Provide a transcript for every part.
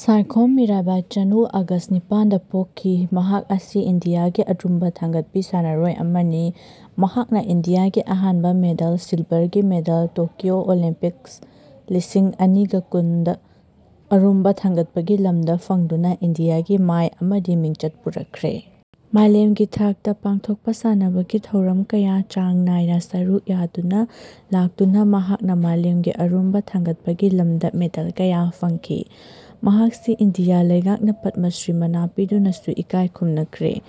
ꯁꯥꯏꯈꯣꯝ ꯃꯤꯔꯥꯕꯥꯏ ꯆꯅꯨ ꯑꯒꯁ ꯅꯤꯄꯥꯟꯗ ꯄꯣꯛꯈꯤ꯫ ꯃꯍꯥꯛ ꯑꯁꯤ ꯏꯟꯗꯤꯌꯥꯒꯤ ꯑꯔꯨꯝꯕ ꯊꯥꯡꯒꯠꯄꯤ ꯁꯥꯟꯅꯔꯣꯏ ꯑꯃꯅꯤ꯫ ꯃꯍꯥꯛꯅ ꯏꯟꯗꯤꯌꯥꯒꯤ ꯑꯍꯥꯟꯕ ꯃꯦꯗꯜ, ꯁꯤꯜꯚꯔꯒꯤ ꯃꯦꯗꯜ ꯇꯣꯀ꯭ꯌꯣ ꯑꯣꯂꯤꯝꯄꯤꯛꯁ ꯂꯤꯁꯤꯡ ꯑꯅꯤꯒ ꯀꯨꯟꯗ ꯑꯔꯨꯝꯕ ꯊꯥꯡꯒꯠꯄꯒꯤ ꯂꯝꯗ ꯐꯪꯗꯨꯅ ꯏꯟꯗꯤꯌꯥꯒꯤ ꯃꯥꯢ ꯑꯃꯗꯤ ꯃꯤꯡꯆꯠ ꯄꯨꯔꯛꯈ꯭ꯔꯦ꯫ ꯃꯥꯂꯦꯝꯒꯤ ꯊꯥꯛꯇ ꯄꯥꯡꯊꯣꯛꯄ ꯁꯥꯟꯅꯕꯒꯤ ꯊꯧꯔꯝ ꯀꯌꯥ ꯆꯥꯡ ꯅꯥꯢꯅ ꯁꯔꯨꯛ ꯌꯥꯗꯨꯅ ꯂꯥꯛꯇꯨꯅ ꯃꯍꯥꯛꯅ ꯃꯥꯂꯦꯝꯒꯤ ꯑꯔꯨꯝꯕ ꯊꯥꯡꯒꯠꯄꯒꯤ ꯂꯝꯗ ꯃꯦꯗꯜ ꯀꯌꯥ ꯐꯪꯈꯤ꯫ ꯃꯍꯥꯛꯁꯤ ꯏꯟꯗꯤꯌꯥ ꯂꯩꯉꯥꯛꯅ ꯄꯗꯃꯁ꯭ꯔꯤ ꯃꯅꯥ ꯄꯤꯗꯨꯅꯁꯨ ꯏꯀꯥꯢ ꯈꯨꯝꯅꯈ꯭ꯔꯦ꯫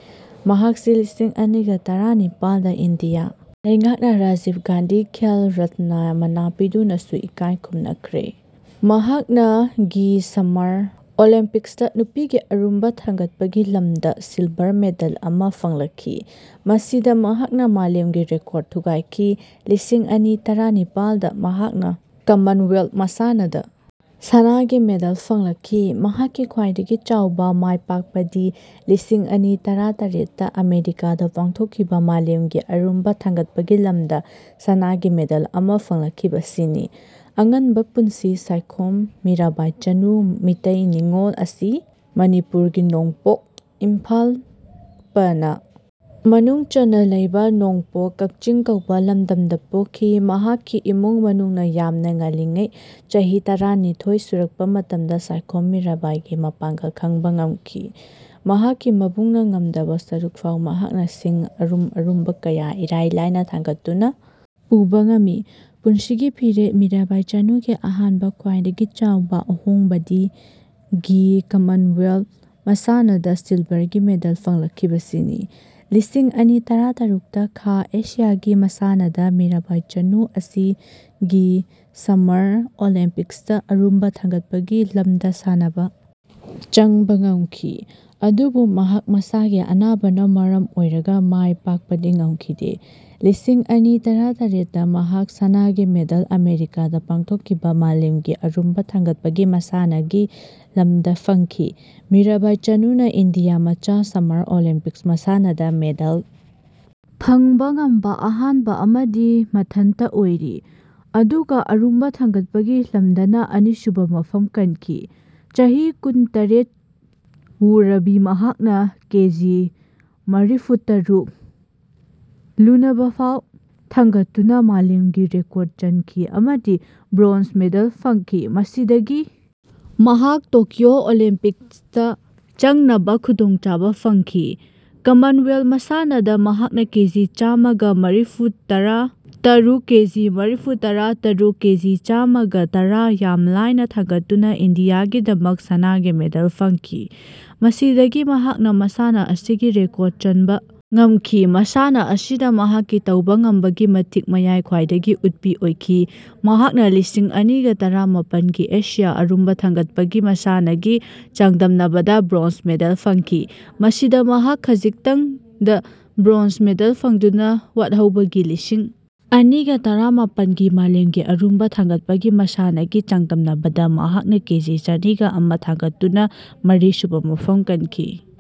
ꯃꯍꯥꯛꯁꯤ ꯂꯤꯁꯤꯡ ꯑꯅꯤꯒ ꯇꯔꯥ ꯅꯤꯄꯥꯜꯗ ꯏꯟꯗꯤꯌꯥ ꯂꯩꯉꯥꯛꯅ ꯔꯥꯖꯤꯚ ꯒꯥꯟꯙꯤ ꯈꯦꯜ ꯔꯠꯅ ꯃꯅꯥ ꯄꯤꯗꯨꯅꯁꯨ ꯏꯀꯥꯢ ꯈꯨꯝꯅꯈ꯭ꯔꯦ꯫ ꯃꯍꯥꯛꯅ ꯒꯤ ꯁꯝꯃꯔ ꯑꯣꯂꯤꯝꯄꯤꯛꯁꯇ ꯅꯨꯄꯤꯒꯤ ꯑꯔꯨꯝꯕ ꯊꯥꯡꯒꯠꯄꯒꯤ ꯂꯝꯗ ꯁꯤꯜꯚꯔ ꯃꯦꯗꯜ ꯑꯃ ꯐꯪꯂꯛꯈꯤ꯫ ꯃꯁꯤꯗ ꯃꯍꯥꯛꯅ ꯃꯥꯂꯦꯝꯒꯤ ꯔꯦꯀꯣꯔꯗ ꯊꯨꯒꯥꯢꯈꯤ꯫ ꯂꯤꯁꯤꯡ ꯑꯅꯤ ꯇꯔꯥ ꯅꯤꯄꯥꯥꯜꯗ ꯃꯍꯥꯛꯅ ꯀꯃꯟꯋꯦꯜꯊ ꯃꯁꯥꯟꯅꯗ ꯁꯅꯥꯒꯤ ꯃꯦꯗꯜ ꯐꯪꯂꯛꯈꯤ꯫ ꯃꯍꯥꯛꯀꯤ ꯈ꯭ꯋꯥꯢꯗꯒꯤ ꯆꯥꯎꯕ ꯃꯥꯢꯄꯥꯛꯄꯗꯤ ꯂꯤꯁꯤꯡ ꯑꯅꯤ ꯇꯔꯥ ꯇꯔꯦꯠꯇ ꯑꯃꯦꯔꯤꯀꯥꯗ ꯄꯥꯡꯊꯣꯛꯈꯤꯕ ꯃꯥꯂꯦꯝꯒꯤ ꯑꯔꯨꯝꯕ ꯊꯥꯡꯒꯠꯄꯒꯤ ꯂꯝꯗ ꯁꯅꯥꯒꯤ ꯃꯦꯗꯜ ꯑꯃ ꯐꯪꯂꯛꯈꯤꯕꯁꯤꯅꯤ꯫ ꯑꯉꯟꯕ ꯄꯨꯟꯁꯤ ꯁꯥꯏꯈꯣꯝ ꯃꯤꯔꯥꯕꯥꯏ ꯆꯅꯨ, ꯃꯤꯇꯩ ꯅꯤꯡꯉꯣꯜ ꯑꯁꯤ ꯃꯅꯤꯄꯨꯔꯒꯤ ꯅꯣꯡꯄꯣꯛ ꯏꯝꯐꯥꯜ ꯄꯅꯥ ꯃꯅꯨꯡꯆꯟꯅ ꯂꯩꯕ ꯅꯣꯡꯄꯣꯛ ꯀꯛꯆꯤꯡ ꯀꯧꯕ ꯂꯝꯗꯝꯗ ꯄꯣꯛꯈꯤ꯫ ꯃꯍꯥꯛꯀꯤ ꯏꯃꯨꯡ ꯃꯅꯨꯡꯅ ꯌꯥꯝꯅ ꯉꯟꯂꯤꯉꯩ ꯆꯩꯍꯤ ꯇꯔꯥꯅꯤꯊꯣꯏ ꯁꯨꯔꯛꯄ ꯃꯇꯝꯗ ꯁꯥꯏꯈꯣꯝ ꯃꯤꯔꯩꯕꯥꯏꯒꯤ ꯃꯄꯥꯡꯒꯜ ꯈꯪꯕ ꯉꯝꯈꯤ꯫ ꯃꯍꯥꯛꯀꯤ ꯃꯕꯨꯡꯅ ꯉꯝꯗꯕ ꯁꯔꯨꯛꯐꯥꯎ ꯃꯍꯥꯛꯅ ꯁꯤꯡ ꯑꯔꯨꯝ ꯑꯔꯨꯝꯕ ꯀꯌꯥ ꯏꯔꯥꯏ ꯂꯥꯏꯅ ꯊꯥꯡꯒꯠꯇꯨꯅ ꯄꯨꯕ ꯉꯝꯃꯤ꯫ ꯄꯨꯟꯁꯤꯒꯤ ꯐꯤꯔꯦꯞ ꯃꯤꯔꯥꯢꯕꯥꯢ ꯆꯅꯨꯒꯤ ꯑꯍꯥꯟꯕ ꯈ꯭ꯋꯥꯢꯗꯒꯤ ꯆꯥꯎꯕ ꯑꯍꯣꯡꯕꯗꯤ ꯒꯤ ꯀꯃꯟꯋꯦꯜꯊ ꯃꯁꯥꯟꯅꯗ ꯁꯤꯜꯚꯔꯒꯤ ꯃꯦꯗꯜ ꯐꯪꯂꯛꯈꯤꯕꯁꯤꯅꯤ꯫ ꯂꯤꯁꯤꯡ ꯑꯅꯤ ꯇꯔꯥꯇꯔꯨꯛꯇ ꯈꯥ ꯑꯦꯁꯤꯌꯥ ꯒꯤ ꯃꯁꯥꯟꯅꯗ ꯃꯤꯔꯥꯢꯕꯥꯢ ꯆꯅꯨ ꯑꯁꯤ ꯒꯤ ꯁꯝꯃꯔ ꯑꯣꯂꯤꯝꯄꯤꯛꯁꯇ ꯑꯔꯨꯝꯕ ꯊꯥꯡꯒꯠꯄꯒꯤ ꯂꯝꯗ ꯁꯥꯅꯕ ꯆꯪꯕ ꯉꯝꯈꯤ꯫ ꯑꯗꯨꯕꯨ ꯃꯍꯥꯛ ꯃꯁꯥꯒꯤ ꯑꯅꯥꯕꯅ ꯃꯔꯝ ꯑꯣꯢꯔꯒ ꯃꯥꯢ ꯄꯥꯛꯄꯗꯤ ꯉꯝꯈꯤꯗꯦ꯫ ꯂꯤꯁꯤꯡ ꯑꯅꯤ ꯇꯔꯥꯇꯔꯦꯠꯇ ꯃꯍꯥꯛ ꯁꯅꯥꯒꯤ ꯃꯦꯗꯜ ꯑꯃꯦꯔꯤꯀꯥꯗ ꯄꯥꯡꯊꯣꯛꯈꯤꯕ ꯃꯥꯂꯦꯝꯒꯤ ꯑꯔꯨꯝꯕ ꯊꯥꯡꯒꯠꯄꯒꯤ ꯃꯁꯥꯟꯅꯒꯤ ꯂꯝꯗ ꯐꯪꯈꯤ꯫ ꯃꯤꯔꯥꯕꯥꯢ ꯆꯅꯨꯅ ꯏꯟꯗꯤꯌꯥ ꯃꯆꯥ ꯁꯝꯃꯔ ꯑꯣꯂꯤꯝꯄꯤꯛꯁ ꯃꯁꯥꯟꯅꯗ ꯃꯦꯗꯜ ꯐꯪꯕ ꯉꯝꯕ ꯑꯍꯥꯟꯕ ꯑꯃꯗꯤ ꯃꯊꯟꯇ ꯑꯣꯢꯔꯤ꯫ ꯑꯗꯨꯒ ꯑꯔꯨꯝꯕ ꯊꯥꯡꯒꯠꯄꯒꯤ ꯂꯝꯗꯅ ꯑꯅꯤꯁꯨꯕ ꯃꯐꯝ ꯀꯟꯈꯤ꯫ ꯆꯍꯤ ꯀꯨꯟ - ꯇꯔꯦꯠ ꯋꯨꯔꯕꯤ ꯃꯍꯥꯛꯅ ꯀꯦꯖꯤ ꯃꯔꯤꯐꯨ - ꯇꯔꯨꯛ ꯂꯨꯅꯕꯐꯥꯎ ꯊꯥꯡꯒꯠꯇꯨꯅ ꯃꯥꯂꯦꯝꯒꯤ ꯔꯦꯀꯣꯔꯗ ꯆꯟꯈꯤ ꯑꯃꯗꯤ ꯕ꯭ꯔꯣꯟꯖ ꯃꯦꯗꯜ ꯐꯪꯈꯤ꯫ ꯃꯁꯤꯗꯒꯤ ꯃꯍꯥꯛ ꯇꯣꯀ꯭ꯌꯣ ꯑꯣꯂꯤꯝꯄꯤꯛꯁꯇ ꯆꯪꯅꯕ ꯈꯨꯗꯣꯡꯆꯥꯕ ꯐꯪꯈꯤ꯫ ꯀꯃꯟꯋꯦꯜꯊ ꯃꯁꯥꯟꯅꯗ ꯃꯍꯥꯛꯅ ꯀꯦꯖꯤ ꯆꯥꯃꯒ ꯃꯔꯤꯐꯨꯇꯔꯥ ꯇꯔꯨꯛ, ꯀꯦꯖꯤ ꯃꯔꯤꯐꯨꯇꯔꯥ ꯇꯔꯨꯛ, ꯀꯦꯖꯤ ꯆꯥꯃꯒ ꯇꯔꯥ ꯌꯥꯝ ꯂꯥꯢꯅ ꯊꯥꯡꯒꯠꯇꯨꯅ ꯏꯟꯗꯤꯌꯥꯒꯤꯗꯃꯛ ꯁꯅꯥꯒꯤ ꯃꯦꯗꯜ ꯐꯪꯈꯤ꯫ ꯃꯁꯤꯗꯒꯤ ꯃꯍꯥꯛꯅ ꯃꯁꯥꯟꯅ ꯑꯁꯤꯒꯤ ꯔꯦꯀꯣꯔꯗ ꯆꯟꯕ ꯉꯝꯈꯤ꯫ ꯃꯁꯥꯟꯅ ꯑꯁꯤꯗ ꯃꯍꯥꯛꯀꯤ ꯇꯧꯕ ꯉꯝꯕꯒꯤ ꯃꯇꯤꯛ ꯃꯌꯥꯢ ꯈ꯭ꯋꯥꯢꯗꯒꯤ ꯎꯠꯄꯤ ꯑꯣꯢꯈꯤ꯫ ꯃꯍꯥꯛꯅ ꯂꯤꯁꯤꯡ ꯑꯅꯤꯒ ꯇꯔꯥ ꯃꯥꯄꯟꯒꯤ ꯑꯦꯁꯤꯌꯥꯟ ꯑꯔꯨꯝꯕ ꯊꯥꯡꯒꯠꯄꯒꯤ ꯃꯁꯥꯟꯅ ꯒꯤ ꯆꯥꯡꯗꯝꯅꯕꯗ ꯕ꯭ꯔꯣꯟꯖ ꯃꯦꯗꯜ ꯐꯪꯈꯤ꯫ ꯃꯁꯤꯗ ꯃꯍꯥꯛ ꯈꯖꯤꯛꯇꯪꯗ ꯕ꯭ꯔꯣꯟꯖ ꯃꯦꯗꯜ ꯐꯪꯗꯨꯅ ꯋꯥꯠꯍꯧꯕꯅꯤ꯫ ꯂꯤꯁꯤꯡ ꯑꯅꯤꯒ ꯇꯔꯥꯃꯥꯄꯟ ꯒꯤ ꯃꯥꯂꯦꯝꯒꯤ ꯑꯔꯨꯝꯕ ꯊꯥꯡꯒꯠꯄꯒꯤ ꯃꯁꯥꯟꯅ ꯒꯤ ꯆꯥꯡꯗꯝꯅꯕꯗ ꯃꯍꯥꯛꯅ ꯀꯦꯖꯤ ꯆꯅꯤꯒ ꯑꯃ ꯊꯥꯡꯒꯠꯇꯨꯅ ꯃꯔꯤꯁꯨꯕ ꯃꯐꯝ ꯀꯟꯈꯤ꯫